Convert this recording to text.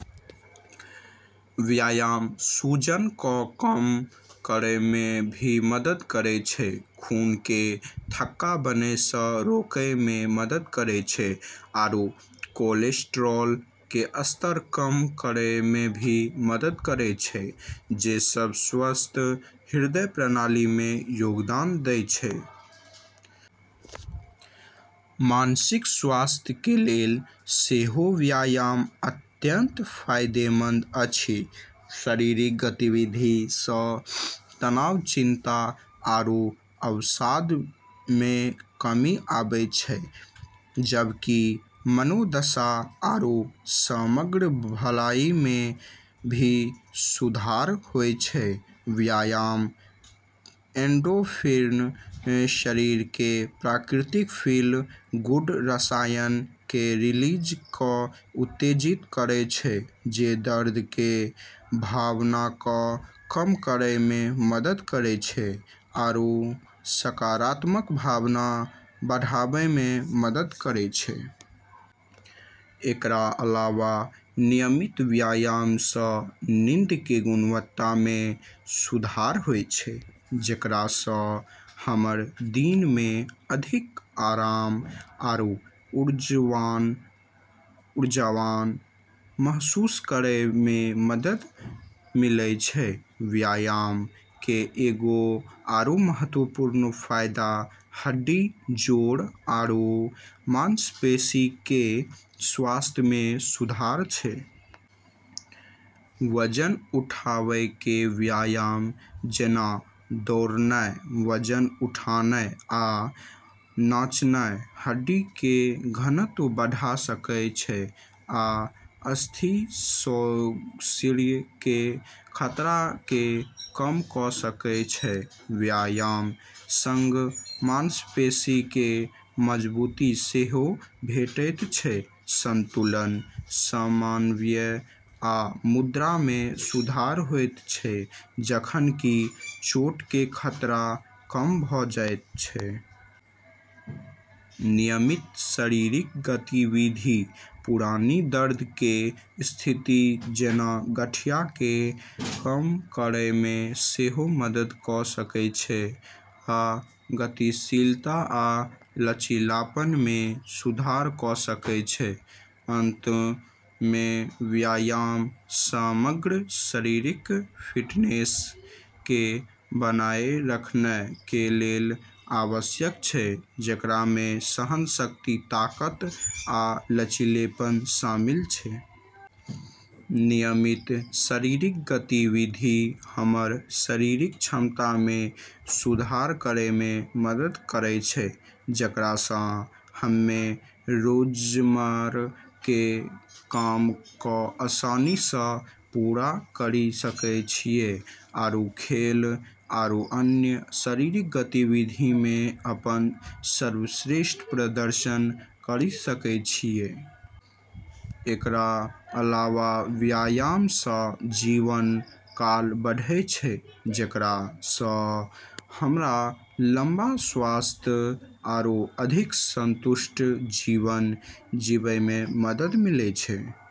व्यायाम सूजन क कम करै मे भी मदद करै छै, खून के थक्का बनै स रोकै मे मदद करै छै, आरू कोलेस्ट्रॉल के स्तर कम करै मे भी मदद करै छै, जे सब स्वस्थ हृदय प्रणाली मे योगदान दै छै। मानसिक स्वास्थ्य के लेल सेहो व्यायाम अत्यंत फायदेमंद अछि। शारीरिक गतिविधि स तनाव, चिंता, आरू अवसाद मे कमी आबै छै, जबकि मनोदशा आरू समग्र भलाई मे भी सुधार होय छै। व्यायाम एंडोर्फिन – शरीर के प्राकृतिक "फील गुड" रसायन – के रिलीज क उत्तेजित करै छै जे दर्द के भावना क कम करै मे मदद करै छै आरू सकारात्मक भावना बढ़ाबै मे मदद करै छै। एकरा अलावा नियमित व्यायाम स नींद के गुणवत्ता मे सुधार होय छै, जेकरा स हमरा दिन मे अधिक आराम आरू ऊर्जावान महसूस करै मे मदद मिलै छै। व्यायाम के एगो आरू महत्वपूर्ण फायदा हड्डी, जोड़ आरू मांसपेशी के स्वास्थ्य मे सुधार छै। वजन उठावय के व्यायाम, जेना दौड़नाय, वजन उठानाय, आ नाचनाय, हड्डी के घनत्व बढ़ा सकै छै आ अस्थिसौषिर्य के खतरा के कम क सकै छै। व्यायाम सं मांसपेशी के मजबूती सेहो भेटैत छै, संतुलन, समन्वय आ मुद्रा मे सुधार होयत छै, जखन कि चोट के खतरा कम भ जायत छै। नियमित शारीरिक गतिविधि पुरानी दर्द के स्थिति, जेना गठिया के कम करै मे सेहो मदद क सकै छै, आ गतिशीलता आ लचीलापन मे सुधार क सकै छै। अंत मे, व्यायाम समग्र शारीरिक फिटनेस के बनाए रखनाय के लेल आवश्यक छै, जेकरा मे सहनशक्ति, ताकत आ लचीलापन शामिल छै। नियमित शारीरिक गतिविधि हमर शारीरिक क्षमता मे सुधार करै मे मदद करै छै, जेकरा स हम्में रोजमर्रा के काम क आसानी स पूरा करी सकै छियै आरू खेल आरू अन्य शारीरिक गतिविधि मे अपन सर्वश्रेष्ठ प्रदर्शन करी सकै छियै। एकरा अलावा व्यायाम स जीवन काल बढ़ै छै, जेकरा स हमरा लम्बा, स्वस्थ आरू अधिक संतुष्ट जीवन जीबै मे मदद मिलै छै।